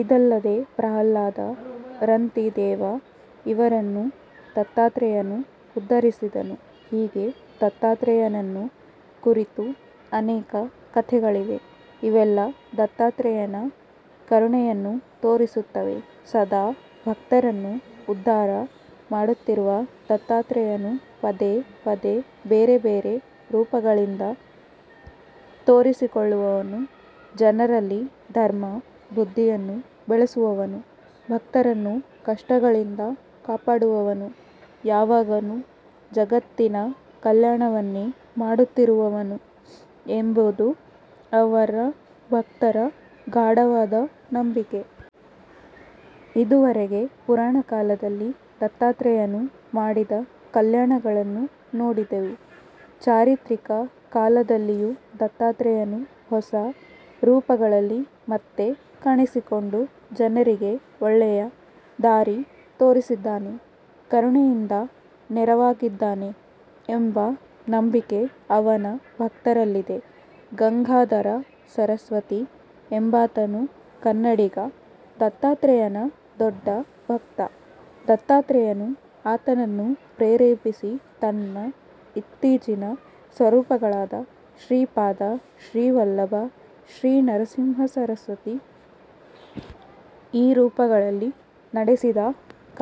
ಇವರಲ್ಲದೆ ಪ್ರಹ್ಲಾದ, ರಂತಿದೇವ ಇವರನ್ನೂ ದತ್ತಾತ್ರೇಯನು ಉದ್ಧರಿಸಿದನು. ಹೀಗೆ ದತ್ತಾತ್ರೇಯನನ್ನು ಕುರಿತು ಅನೇಕ ಕಥೆಗಳಿವೆ. ಇವೆಲ್ಲಾ ದತ್ತಾತ್ರೇಯನ ಕರುಣೆಯನ್ನು ತೋರಿಸುತ್ತವೆ. ಸದಾ ಭಕ್ತರನ್ನು ಉದ್ಧಾರ ಮಾಡುತ್ತಿರುವ ದತ್ತಾತ್ರೇಯನು ಪದೇ ಪದೇ ಬೇರೆಬೇರೆ ರೂಪಗಳಿಂದ ತೋರಿಸಿಕೊಳ್ಳುವನು, ಜನರಲ್ಲಿ ಧರ್ಮ ಬುದ್ಧಿಯನ್ನು ಬೆಳೆಸುವನು, ಭಕ್ತರನ್ನು ಕಷ್ಟಗಳಿಂದ ಕಾಪಾಡುವವನು, ಯಾವಾಗಲೂ ಜಗತ್ತಿನ ಕಲ್ಯಾಣವನ್ನೇ ಮಾಡುತ್ತಿರುವವನು ಎಂಬುದು ಅವನ ಭಕ್ತರ ಗಾಢವಾದ ನಂಬಿಕೆ. ಇದುವರೆಗೆ ಪುರಾಣಕಾಲದಲ್ಲಿ ದತ್ತಾತ್ರೇಯನು ಮಾಡಿದ ಕಲ್ಯಾಣಗಳನ್ನು ನೋಡಿದೆವು. ಚಾರಿತ್ರಿಕ ಕಾಲದಲ್ಲಿಯೂ ದತ್ತಾತ್ರೇಯನು ಹೊಸ ರೂಪಗಳಲ್ಲಿ ಮತ್ತೆ ಕಾಣಿಸಿಕೊಂಡು, ಜನರಿಗೆ ಒಳ್ಳೆಯ ದಾರಿ ತೋರಿಸಿದ್ದಾನೆ, ಕರುಣೆಯಿಂದ ನೆರವಾಗಿದ್ದಾನೆ ಎಂಬ ನಂಬಿಕೆ ಅವನ ಭಕ್ತರಲ್ಲಿದೆ. ಗಂಗಾಧರ ಸರಸ್ವತಿ ಎಂಬಾತನು ಕನ್ನಡಿಗ, ದತ್ತಾತ್ರೇಯನ ದೊಡ್ಡ ಭಕ್ತ. ದತ್ತಾತ್ರೇಯನು ಆತನನ್ನು ಪ್ರೇರೇಪಿಸಿ, ತನ್ನ ಇತ್ತೀಚಿನ ಸ್ವರೂಪಗಳಾದ ಶ್ರೀಪಾದ ಶ್ರೀವಲ್ಲಭ, ಶ್ರೀ ನೃಸಿಂಹಸರಸ್ವತಿ – ಈ ರೂಪಗಳಲ್ಲಿ ನಡೆಸಿದ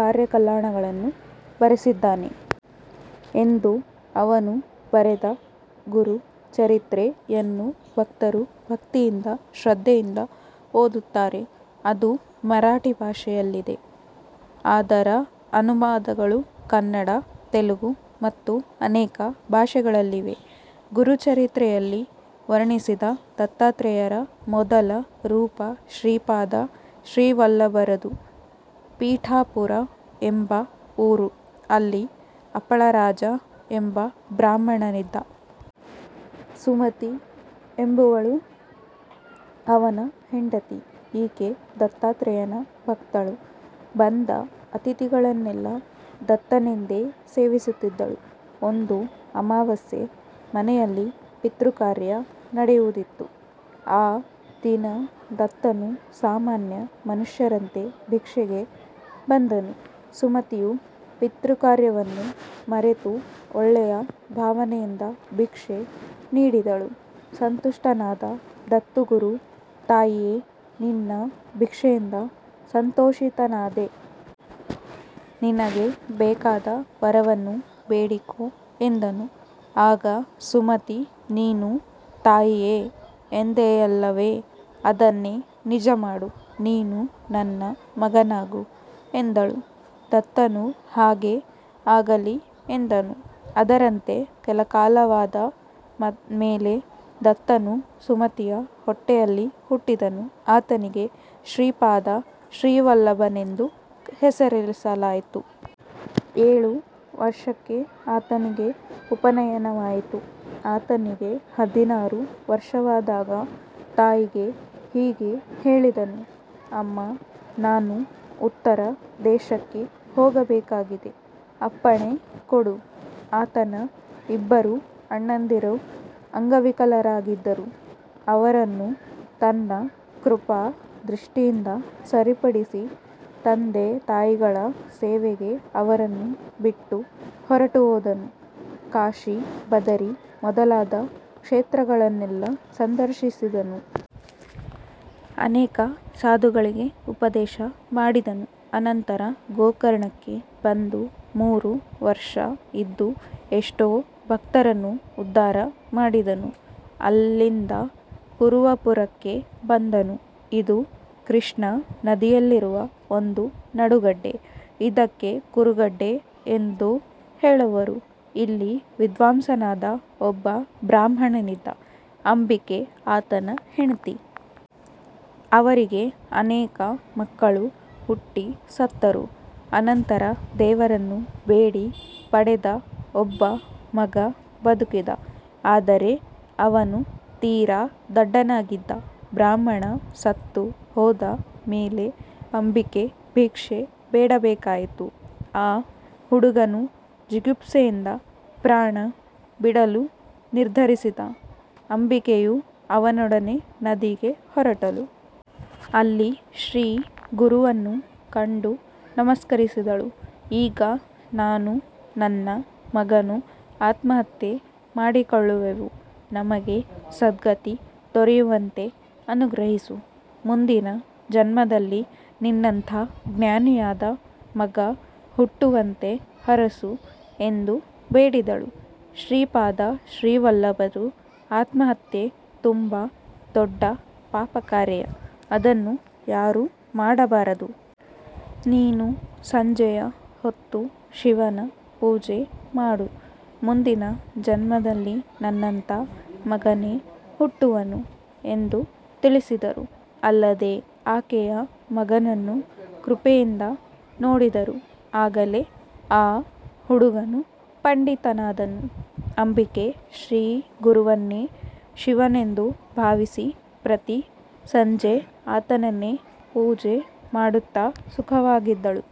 ಕಾರ್ಯಕಲ್ಯಾಣಗಳನ್ನು ಬರೆಸಿದ್ದಾನೆ. ಎಂದು ಅವನು ಬರೆದ 'ಗುರು ಚರಿತ್ರೆ'ಯನ್ನು ಭಕ್ತರು ಭಕ್ತಿಯಿಂದ, ಶ್ರದ್ಧೆಯಿಂದ ಓದುತ್ತಾರೆ. ಅದು ಮರಾಠಿ ಭಾಷೆಯಲ್ಲಿದೆ. ಅದರ ಅನುವಾದಗಳು ಕನ್ನಡ, ತೆಲುಗು ಮತ್ತು ಅನೇಕ ಭಾಷೆಗಳಲ್ಲಿವೆ. ಗುರುಚರಿತ್ರೆಯಲ್ಲಿ ವರ್ಣಿಸಿದ ದತ್ತಾತ್ರೇಯರ ಮೊದಲ ರೂಪ ಶ್ರೀಪಾದ ಶ್ರೀವಲ್ಲಭರದು. ಪೀಠಾಪುರ ಎಂಬ ಊರು. ಅಲ್ಲಿ ಅಪಳರಾಜ ಎಂಬ ಬ್ರಾಹ್ಮಣನಿದ್ದ. ಸುಮತಿ ಎಂಬುವಳು ಆತನ ಹೆಂಡತಿ. ಈಕೆ ದತ್ತಾತ್ರೇಯನ ಭಕ್ತಳು. ಬಂದ ಅತಿಥಿಗಳನ್ನೆಲ್ಲ ದತ್ತನೆಂದೇ ಸೇವಿಸುತ್ತಿದ್ದಳು. ಒಂದು ಅಮಾವಾಸ್ಯೆ. ಮನೆಯಲ್ಲಿ ಪಿತೃಕಾರ್ಯ ನಡೆಯುವುದಿತ್ತು. ಆ ದಿನ ದತ್ತನು ಸಾಮಾನ್ಯ ಮನುಷ್ಯನಂತೆ ಭಿಕ್ಷೆಗೆ ಬಂದನು. ಸುಮತಿಯು ಪಿತೃಕಾರ್ಯವನ್ನೂ ಮರೆತು, ಒಳ್ಳೆಯ ಭಾವನೆಯಿಂದ ಭಿಕ್ಷೆ ನೀಡಿದಳು. ಸಂತುಷ್ಠನಾದ ದತ್ತುಗುರು, "ತಾಯಿಯೇ, ನಿನ್ನ ಭಿಕ್ಷೆಯಿಂದ ಸಂತೋಷಿತನಾದೆ. ನಿನಗೆ ಬೇಕಾದ ವರವನ್ನು ಬೇಡಿಕೋ" ಎಂದನು. ಆಗ ಸುಮತಿ "ನೀನು ತಾಯಿಯೇ ಎಂದೆಯಲ್ಲವೆ? ಅದನ್ನೇ ನಿಜ ಮಾಡು. ನೀನು ನನ್ನ ಮಗನಾಗು" ಎಂದಳು. ದತ್ತನು ಹಾಗೇ ಆಗಲಿ ಎಂದನು. ಅದರಂತೆ ಕೆಲ ಕಾಲವಾದ ಮೇಲೆ ದತ್ತನು ಸುಮತಿಯ ಹೊಟ್ಟೆಯಲ್ಲಿ ಹುಟ್ಟಿದನು. ಆತನಿಗೆ ಶ್ರೀಪಾದ ಶ್ರೀವಲ್ಲಭನೆಂದು ಹೆಸರಿಸಲಾಯಿತು. ಏಳು ವರ್ಷಕ್ಕೆ ಆತನಿಗೆ ಉಪನಯನವಾಯಿತು. ಆತನಿಗೆ ಹದಿನಾರು ವರ್ಷವಾದಾಗ ತಾಯಿಗೆ ಹೀಗೆ ಹೇಳಿದನು; "ಅಮ್ಮಾ, ನಾನು ಉತ್ತರ ದೇಶಕ್ಕೆ ಹೋಗಬೇಕಾಗಿದೆ. ಅಪ್ಪಣೆ ಕೊಡು. " ಆತನ ಇಬ್ಬರು ಅಣ್ಣಂದಿರು ಅಂಗವಿಕಲರಾಗಿದ್ದರು. ಅವರನ್ನು ತನ್ನ ಕೃಪಾ ದೃಷ್ಟಿಯಿಂದ ಸರಿಪಡಿಸಿ, ತಂದೆತಾಯಿಗಳ ಸೇವೆಗೆ ಅವರನ್ನು ಬಿಟ್ಟು, ಹೊರಟುಹೋದನು. ಕಾಶಿ, ಬದರಿ ಮೊದಲಾದ ಕ್ಷೇತ್ರಗಳನ್ನೆಲ್ಲ ಸಂದರ್ಶಿಸಿದನು. ಅನೇಕ ಸಾಧುಗಳಿಗೆ ಉಪದೇಶ ಮಾಡಿದನು. ಅನಂತರ ಗೋಕರ್ಣಕ್ಕೆ ಬಂದು, ಮೂರು ವರ್ಷ ಇದ್ದು ಎಷ್ಟೋ ಭಕ್ತರನ್ನು ಉದ್ಧಾರ ಮಾಡಿದನು. ಅಲ್ಲಿಂದ ಕುರುವಪುರಕ್ಕೆ ಬಂದನು. ಇದು ಕೃಷ್ಣಾ ನದಿಯಲ್ಲಿರುವ ಒಂದು ನಡುಗಡ್ಡೆ. ಇದಕ್ಕೆ ಕುರುಗಡ್ಡೆ ಎಂದೂ ಹೇಳುವರು. ಇಲ್ಲಿ ವಿದ್ವಾಂಸನಾದ ಒಬ್ಬ ಬ್ರಾಹ್ಮಣನಿದ್ದ. ಅಂಬಿಕೆ ಆತನ ಹೆಂಡತಿ. ಅವರಿಗೆ ಅನೇಕ ಮಕ್ಕಳು ಹುಟ್ಟಿ ಸತ್ತರು. ಅನಂತರ ದೇವರನ್ನು ಬೇಡಿ ಪಡೆದ ಒಬ್ಬ ಮಗ ಬದುಕಿದ. ಆದರೆ ಅವನು ತೀರಾ ದಡ್ಡನಾಗಿದ್ದ.. ಬ್ರಾಹ್ಮಣ ಸತ್ತು ಹೋದ ಮೇಲೆ ಅಂಬಿಕೆ ಭಿಕ್ಷೆ ಬೇಡಬೇಕಾಯಿತು. ಆ ಹುಡುಗನು ಜಿಗುಪ್ಸೆಯಿಂದ ಪ್ರಾಣ ಬಿಡಲು ನಿರ್ಧರಿಸಿದ. ಅಂಬಿಕೆಯೂ ಅವನೊಡನೆ ನದಿಗೆ ಹೊರಟಳು. ಅಲ್ಲಿ ಶ್ರೀ ಗುರುವನ್ನು ಕಂಡು ನಮಸ್ಕರಿಸಿದಳು. "ಈಗ ನಾನೂ ನನ್ನ ಮಗನೂ ಆತ್ಮಹತ್ಯೆ ಮಾಡಿಕೊಳ್ಳುವೆವು. ನಮಗೆ ಸದ್ಗತಿ ದೊರೆಯುವಂತೆ ಅನುಗ್ರಹಿಸು. ಮುಂದಿನ ಜನ್ಮದಲ್ಲಿ ನಿನ್ನಂಥಾ ಜ್ಞಾನಿಯಾದ ಮಗ ಹುಟ್ಟುವಂತೆ ಹರಸು" ಎಂದು ಬೇಡಿದಳು. ಶ್ರೀಪಾದ ಶ್ರೀವಲ್ಲಭರು "ಆತ್ಮಹತ್ಯೆ ತುಂಬಾ ದೊಡ್ಡ ಪಾಪಕಾರ್ಯ. ಅದನ್ನು ಯಾರೂ ಮಾಡಬಾರದು. ನೀನು ಸಂಜೆಯ ಹೊತ್ತು ಶಿವನ ಪೂಜೆ ಮಾಡು. ಮುಂದಿನ ಜನ್ಮದಲ್ಲಿ ನನ್ನಂಥಾ ಮಗನೇ ಹುಟ್ಟುವನು" ಎಂದು ತಿಳಿಸಿದರು. ಅಲ್ಲದೆ ಆಕೆಯ ಮಗನನ್ನು ಕೃಪೆಯಿಂದ ನೋಡಿದರು. ಕೂಡಲೇ ಆ ಹುಡುಗನು ಪಂಡಿತನಾದನು. ಅಂಬಿಕೆ ಶ್ರೀಗುರುವನ್ನೇ ಶಿವನೆಂದು ಭಾವಿಸಿ, ಪ್ರತಿ ಸಂಜೆ ಆತನನ್ನೇ ಪೂಜೆ ಮಾಡುತ್ತ ಸುಖವಾಗಿದ್ದಳು.